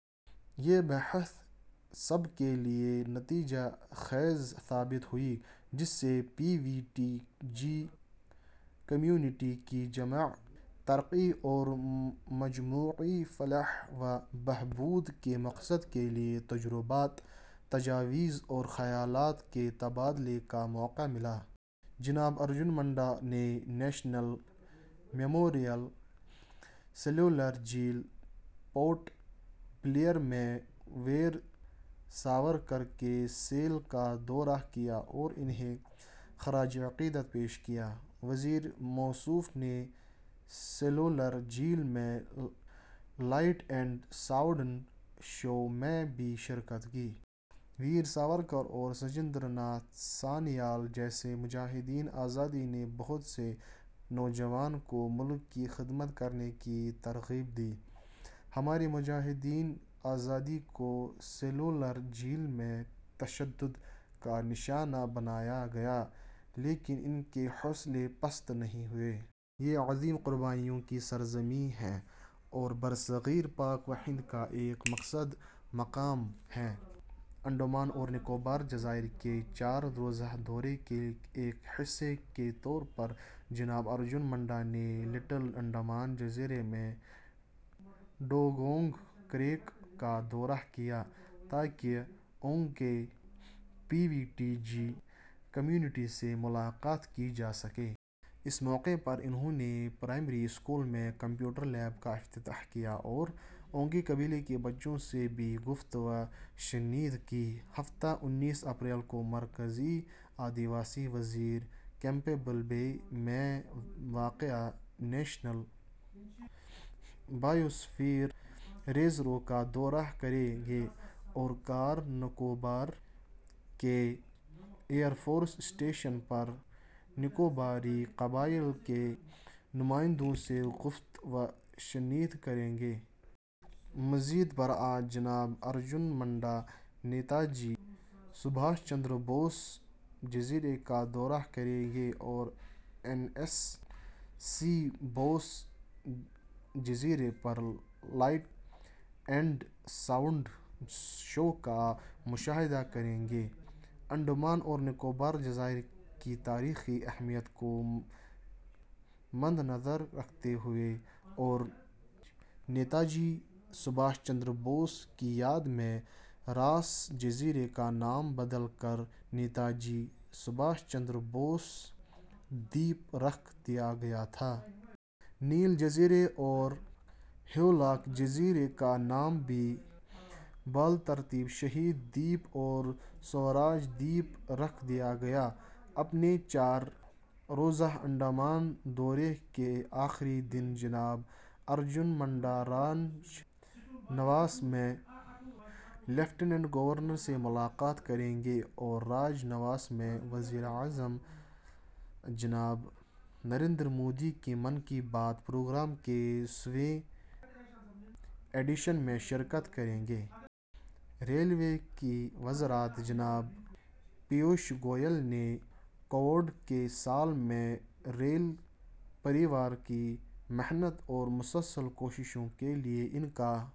یہ بحث سب کے لیے نتیجہ خیز ثابت ہوئی، جس سے P V T G community کی جامع ترقی اور مجموعی فلاح و بہبود کے مقصد کے لیے تجربات، تجاویز اور خیالات کے تبادلے کا موقع ملا۔ جناب ارجن منڈا نے National Memorial Cellular Jail, Port Blair میں ویر ساورکر کے سیل کا دورہ کیا اور انہیں خراجِ عقیدت پیش کیا۔ وزیر موصوف نے سیلولر جیل میں لائٹ اینڈ ساؤنڈ شو میں بھی شرکت کی۔ ویر ساورکر اور سچندر ناتھ سانیال جیسے مجاہدینِ آزادی نے بہت سے نوجوانوں کو ملک کی خدمت کرنے کی ترغیب دی۔ ہمارے مجاہدینِ آزادی کو سیلولر جیل میں تشدد کا نشانہ بنایا گیا، لیکن ان کے حوصلے پست نہیں ہوئے۔ یہ عظیم قربانیوں کی سرزمین ہے اور برصغیر پاک و ہند کا ایک مقدس مقام ہے۔ انڈمان اور نکوبار جزائر کے چار روزہ دورے کے ایک حصے کے طور پر جناب ارجن منڈا نے لٹل انڈمان جزیرے میں ڈوگونگ کریک کا دورہ کیا، تاکہ Onge P V T G community سے ملاقات کی جا سکے۔ اس موقع پر انہوں نے پرائمری اسکول میں کمپیوٹر لیب کا افتتاح کیا اور اونگے قبیلے کے بچوں سے بھی گفت و شنید کی۔ ہفتہ، انتیس اپریل کو مرکزی آدیواسی وزیر کیمپبیل بے میں واقع نیشنل بائیوسفیر ریزرو کا دورہ کریں گے اور کار نکوبار کے ایئر فورس اسٹیشن پر نکوباری قبائل کے نمائندوں سے گفت و شنید کریں گے۔ مزید برآں، جناب ارجن منڈا نیتاجی سبھاش چندر بوس جزیرے کا دورہ کریں گے اور این ایس سی بوس جزیرے پر لائٹ اینڈ ساؤنڈ شو کا مشاہدہ کریں گے۔ انڈمان اور نکوبار جزائر کی تاریخی اہمیت کو مدنظر رکھتے ہوئے اور نیتاجی سبھاش چندر بوس کی یاد میں راس جزیرے کا نام بدل کر نیتاجی سبھاش چندر بوس دیپ رکھ دیا گیا تھا۔ نیل جزیرے اور ہیولاک جزیرے کا نام بھی بالترتیب شہید دیپ اور سوراج دیپ رکھ دیا گیا۔ اپنے چار روزہ انڈمان دورے کے آخری دن جناب ارجن منڈا راج نواس میں لیفٹیننٹ گورنر سے ملاقات کریں گے اور راج نواس میں وزیر اعظم جناب نریندر مودی کے ''من کی بات'' پروگرام کے سویں ایڈیشن میں شرکت کریں گے۔ ریلوے کی وزارت جناب پیوش گوئل نے کووڈ کے سال میں ریل پریوار کی محنت اور مسلسل کوششوں کے لیے ان کا